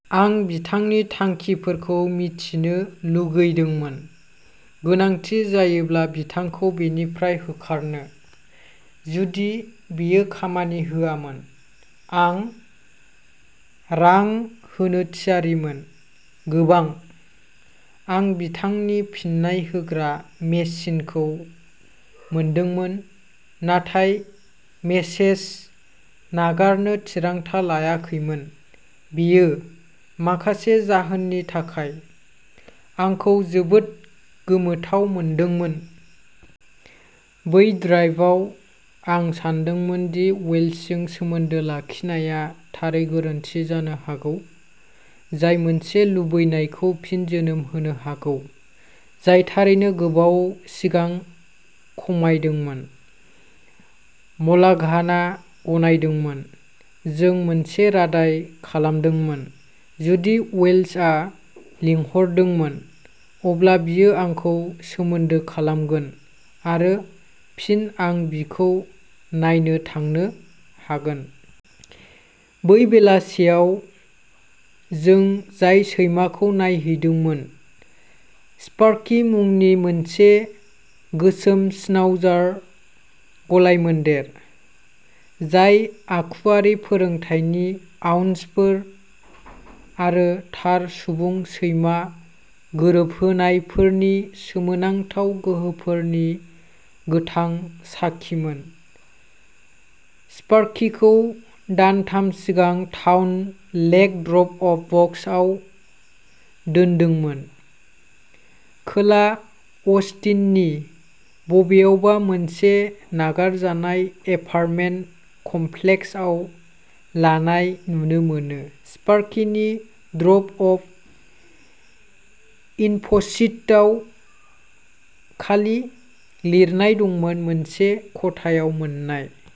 आं बिथांनि थांखिफोरखौ मिथिनो लुगैदोंमोन, गोनांथि जायोब्ला बिथांखौ बेनिफ्राय होखारनो। जुदि बेयो खामानि होआमोन, आं रां होनो थियारिमोन। गोबां। आं बिथांनि फिन्नाय होग्रा मेसिनखौ मोनदोंमोन नाथाय मेसेज नागारनो थिरांथा लायाखैमोन। बेयो, माखासे जाहोननि थाखाय, आंखौ जोबोद गोमोथाव मोनदोंमोन। बै ड्राइभआव आं सानदोंमोन दि वेल्चजों सोमोन्दो लाखिनाया थारै गोरोन्थि जानो हागौ, जाय मोनसे लुबैनायखौ फिन जोनोम होनो हागौ जाय थारैनो गोबाव सिगां खमायदोंमोन। म'लाघाना गनायदोंमोन। जों मोनसे रादाइ खालामदोंमोन। जुदि वेल्चआ लिंहरदोंमोन, अब्ला बियो आंखौ सोमोन्दो खालामगोन, आरो फिन आं बिखौ नायनो थांनो हागोन। बै बेलासियाव जों जाय सैमाखौ नायहैदोंमोन, स्पार्कि मुंनि मोनसे गोसोम श्नाउजार गलायमोन्देर, जाय आखुयारि फोरोंथायनि आउन्सफोर आरो थार सुबुं-सैमा गोरोबहोनायफोरनि सोमोनांथाव गोहोफोरनि गोथां साखिमोन। स्पार्किखौ दानथाम सिगां टाउन लेक ड्रप-अफ बक्सआव दोनदोंमोन। खोला अस्टिननि बबेयावबा मोनसे नागारजानाय एपार्टमेन्ट कमप्लेक्सआव लानाय नुनो मोनो, स्पार्किनि ड्रप-अफ इनफ'शीटआव खालि लिरनाय दंमोन, "मोनसे खथायाव मोन्नाय।